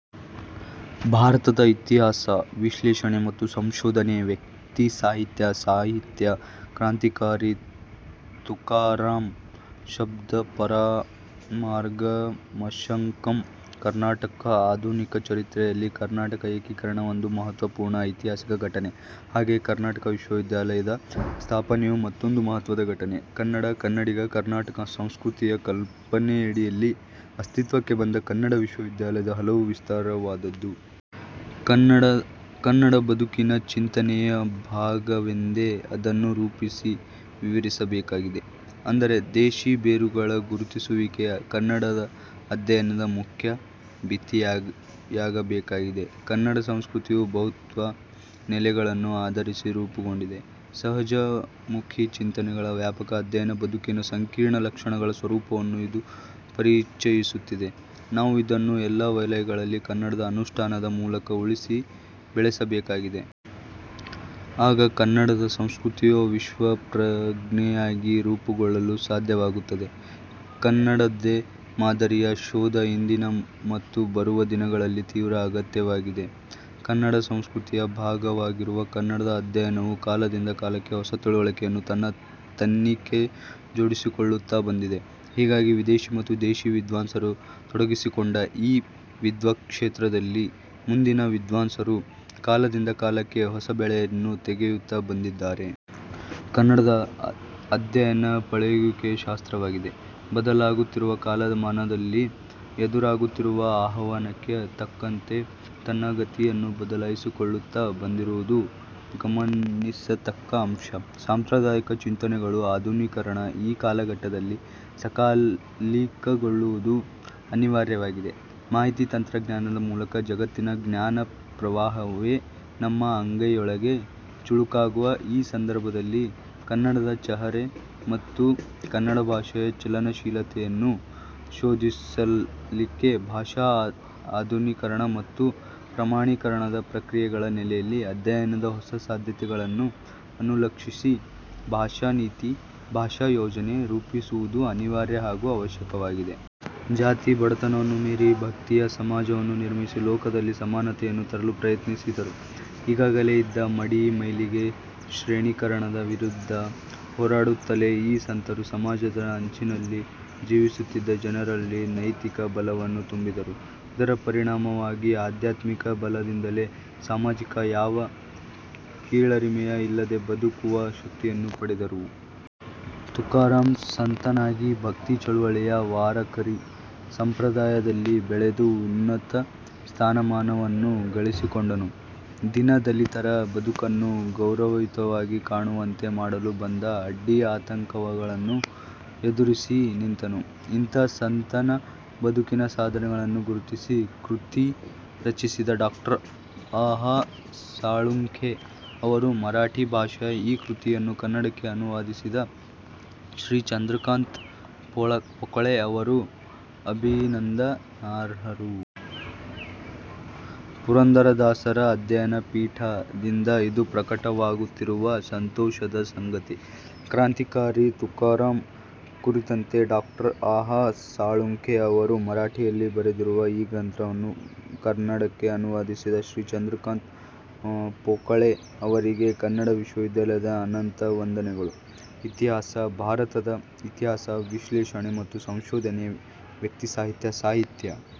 ಭಾರತದ ಇತಿಹಾಸ, ವಿಶ್ಲೇಷಣೆ ಮತ್ತು ಸಂಶೋಧನೆ, ವ್ಯಕ್ತಿಸಾಹಿತ್ಯ, ಸಾಹಿತ್ಯ ಕ್ರಾಂತಿಕಾರಿ ತುಕಾರಾಮ ಶಬ್ದಪಾರಮಾರ್ಗಮಶಕ್ಯಂ ಕರ್ನಾಟಕ ಆಧುನಿಕ ಚರಿತ್ರೆಯಲ್ಲಿ ಕರ್ನಾಟಕ ಏಕೀಕರಣ ಒಂದು ಮಹತ್ವಪೂರ್ಣ ಐತಿಹಾಸಿಕ ಘಟನೆ. ಹಾಗೆಯೇ ಕನ್ನಡ ವಿಶ್ವವಿದ್ಯಾಲಯದ ಸ್ಥಾಪನೆಯೂ ಮತ್ತೊಂದು ಮಹತ್ವದ ಘಟನೆ. ಕನ್ನಡ-ಕನ್ನಡಿಗ-ಕರ್ನಾಟಕ ಸಂಸ್ಕೃತಿಯ ಕಲ್ಪನೆಯಡಿಯಲ್ಲಿ ಅಸ್ತಿತ್ವಕ್ಕೆ ಬಂದ ಕನ್ನಡ ವಿಶ್ವವಿದ್ಯಾಲಯದ ಹರವು ವಿಸ್ತಾರವಾದದ್ದು. ಕನ್ನಡ ಬದುಕಿನ ಚಿಂತನೆಯ ಭಾಗವೆಂದೇ ಅದನ್ನು ರೂಪಿಸಿ ವಿವರಿಸಬೇಕಾಗಿದೆ. ಅಂದರೆ: ದೇಶಿ ಬೇರುಗಳ ಗುರುತಿಸುವಿಕೆ ಕನ್ನಡ ಅಧ್ಯಯನದ ಮುಖ್ಯ ಭಿತ್ತಿಯಾಗಬೇಕಾಗಿದೆ. ಕನ್ನಡ ಸಂಸ್ಕೃತಿಯು ಬಹುತ್ವ ನೆಲೆಗಳನ್ನು ಆಧರಿಸಿ ರೂಪುಗೊಂಡಿದೆ. ಸಮಾಜಮುಖಿ ಚಿಂತನೆಗಳ ವ್ಯಾಪಕ ಅಧ್ಯಯನ ಬದುಕಿನ ಸಂಕೀರ್ಣ ಲಕ್ಷಣಗಳ ಸ್ವರೂಪವನ್ನು ಇದು ಪರಿಚಯಿಸುತ್ತದೆ. ನಾವು ಇದನ್ನು ಎಲ್ಲ ವಲಯಗಳಲ್ಲಿ ಕನ್ನಡದ ಅನುಷ್ಠಾನದ ಮೂಲಕ ಉಳಿಸಿ, ಬೆಳೆಸಬೇಕಾಗಿದೆ. ಆಗ ಕನ್ನಡ ಸಂಸ್ಕೃತಿಯು ವಿಶ್ವಪ್ರಜ್ಞೆಯಾಗಿ ರೂಪುಗೊಳ್ಳಲು ಸಾಧ್ಯವಾಗುತ್ತದೆ. 'ಕನ್ನಡದ್ದೇ ಮಾದರಿ'ಯ ಶೋಧ ಇಂದಿನ ಮತ್ತು ಬರುವ ದಿನಗಳ ತೀವ್ರ ಅಗತ್ಯವಾಗಿದೆ. ಕನ್ನಡ ಸಂಸ್ಕೃತಿಯ ಭಾಗವಾಗಿರುವ ಕನ್ನಡ ಅಧ್ಯಯನವು ಕಾಲದಿಂದ ಕಾಲಕ್ಕೆ ಹೊಸ ತಿಳಿವಳಿಕೆಯನ್ನು ತನ್ನ ತೆಕ್ಕೆಗೆ ಜೋಡಿಸಿಕೊಳ್ಳುತ್ತ ಬಂದಿದೆ. ಹೀಗಾಗಿ ವಿದೇಶಿ ಮತ್ತು ದೇಶಿ ವಿದ್ವಾಂಸರು ತೊಡಗಿಸಿಕೊಂಡ ಈ ವಿದ್ವತ್ಕ್ಷೇತ್ರದಲ್ಲಿ ಮುಂದಿನ ವಿದ್ವಾಂಸರು ಕಾಲದಿಂದ ಕಾಲಕ್ಕೆ ಹೊಸಬೆಳೆಯನ್ನು ತೆಗೆಯುತ್ತ ಬಂದಿದ್ದಾರೆ. ಕನ್ನಡ ಅಧ್ಯಯನ ಪಳೆಯುಳಿಕೆಯ ಶಾಸ್ತ್ರವಾಗದೆ, ಬದಲಾಗುತ್ತಿರುವ ಕಾಲಮಾನದಲ್ಲಿ ಎದುರಾಗುತ್ತಿರುವ ಆಹ್ವಾನಕ್ಕೆ ತಕ್ಕಂತೆ ತನ್ನ ಗತಿಯನ್ನು ಬದಲಾಯಿಸಿಕೊಳ್ಳುತ್ತ ಬಂದಿರುವುದು ಗಮನಿಸತಕ್ಕ ಅಂಶ. ಸಾಂಪ್ರದಾಯಿಕ ಚಿಂತನೆಗಳು ಆಧುನೀಕರಣದ ಈ ಕಾಲಘಟ್ಟದಲ್ಲಿ ಸಕಾಲಿಕಗೊಳ್ಳುವುದು ಅನಿವಾರ್ಯವಾಗಿದೆ. ಮಾಹಿತಿ ತಂತ್ರಜ್ಞಾನದ ಮೂಲಕ ಜಗತ್ತಿನ ಜ್ಞಾನಪ್ರವಾಹವೇ ನಮ್ಮ ಅಂಗೈಯೊಳಗೆ ಚುಳುಕಾಗುವ ಈ ಸಂದರ್ಭದಲ್ಲಿ ಕನ್ನಡದ ಚಹರೆ ಮತ್ತು ಕನ್ನಡ ಭಾಷೆಯ ಚಲನಶೀಲತೆಯನ್ನು ಶೋಧಿಸಲಿಕ್ಕೆ ಭಾಷಾ ಆಧುನೀಕರಣ ಮತ್ತು ಪ್ರಮಾಣೀಕರಣದ ಪ್ರಕ್ರಿಯೆಗಳ ನೆಲೆಯಲ್ಲಿ ಅಧ್ಯಯನದ ಹೊಸ ಸಾಧ್ಯತೆಗಳನ್ನು ಅನುಲಕ್ಷಿಸಿ, ಭಾಷಾನೀತಿ, ಭಾಷಾಯೋಜನೆ ರೂಪಿಸುವುದು ಅನಿವಾರ್ಯ ಹಾಗೂ ಅವಶ್ಯವಾಗಿದೆ. ಜಾತಿ, ಬಡತನವನ್ನು ಮೀರಿ ಭಕ್ತಿಯ ಸಮಾಜವನ್ನು ನಿರ್ಮಿಸಿ, ಲೋಕದಲ್ಲಿ ಸಮಾನತೆಯನ್ನು ತರಲು ಪ್ರಯತ್ನಿಸಿದರು. ಈಗಾಗಲೇ ಇದ್ದ ಮಡಿ-ಮೈಲಿಗೆ, ಶ್ರೇಣಿಕರಣದ ವಿರುದ್ಧ ಹೋರಾಡುತ್ತಲೇ ಈ ಸಂತರು ಸಮಾಜದ ಅಂಚಿನಲ್ಲಿ ಜೀವಿಸುತ್ತಿದ್ದ ಜನರಲ್ಲಿ ನೈತಿಕ ಬಲವನ್ನು ತುಂಬಿದರು. ಇದರ ಪರಿಣಾಮವಾಗಿ ಆಧ್ಯಾತ್ಮಿಕ ಬಲದಿಂದಲೇ ಸಮಾಜದಲ್ಲಿ ಯಾವ ಕೀಳರಿಮೆ ಇಲ್ಲದೆ ಬದುಕುವ ಶಕ್ತಿಯನ್ನು ಪಡೆದರು. ತುಕಾರಾಮ ಸಂತನಾಗಿ ಭಕ್ತಿ ಚಳುವಳಿಯ 'ವಾರಕರಿ' ಸಂಪ್ರದಾಯದಲ್ಲಿ ಬೆಳೆದು ಉನ್ನತ ಸ್ಥಾನವನ್ನು ಗಳಿಸಿಕೊಂಡನು. ದೀನ ದಲಿತರ ಬದುಕನ್ನು ಗೌರಯುತವಾಗಿ ಕಾಣುವಂತೆ ಮಾಡಲು ಬಂದ ಅಡ್ಡಿ-ಆತಂಕಗಳನ್ನು ಎದುರಿಸಿ ನಿಂತನು. ಇಂಥ ಸಂತನ ಬದುಕಿನ ಸಾಧನೆಗಳನ್ನು ಗುರುತಿಸಿ ಕೃತಿ ರಚಿಸಿದ ಡಾ. ಆ. ಹ. ಸಾಳುಂಖೆ ಅವರು ಮರಾಠಿ ಭಾಷೆಯ ಈ ಕೃತಿಯನ್ನು ಕನ್ನಡಕ್ಕೆ ಅನುವಾದಿಸಿದ ಶ್ರೀ ಚಂದ್ರಕಾಂತ ಪೋಕಳೆ ಅವರು ಅಭಿನಂದನಾರ್ಹರು. 'ಪುರಂದರದಾಸರ ಆಧ್ಯಯನ ಪೀಠ' ದಿಂದ ಇದು ಪ್ರಕಟವಾಗುತ್ತಿರುವುದು ಸಂತೋಷದ ಸಂಗತಿ ಕ್ರಾಂತಿಕಾರಿ ತುಕಾರಾಮ ಕುರಿತಂತೆ ಡಾ. ಆ. ಹ. ಸಾಳುಂಖೆ ಅವರು ಮರಾಠಿಯಲ್ಲಿ ಬರೆದಿರುವ ಈ ಗ್ರಂಥವನ್ನು ಕನ್ನಡಕ್ಕೆ ಅನುವಾದಿಸಿದ ಶ್ರೀ ಚಂದ್ರಕಾಂತ ಪೋಕಳೆ ಅವರಿಗೆ ಕನ್ನಡ ವಿಶ್ವವಿದ್ಯಾಲಯದ ಅನಂತ ವಂದನೆಗಳು, ಇತಿಹಾಸ, ಭಾರತದ ಇತಿಹಾಸ, ವಿಶ್ಲೇಷಣೆ ಮತ್ತು ಸಂಶೋಧನೆ, ವ್ಯಕ್ತಿಸಾಹಿತ್ಯ, ಸಾಹಿತ್ಯ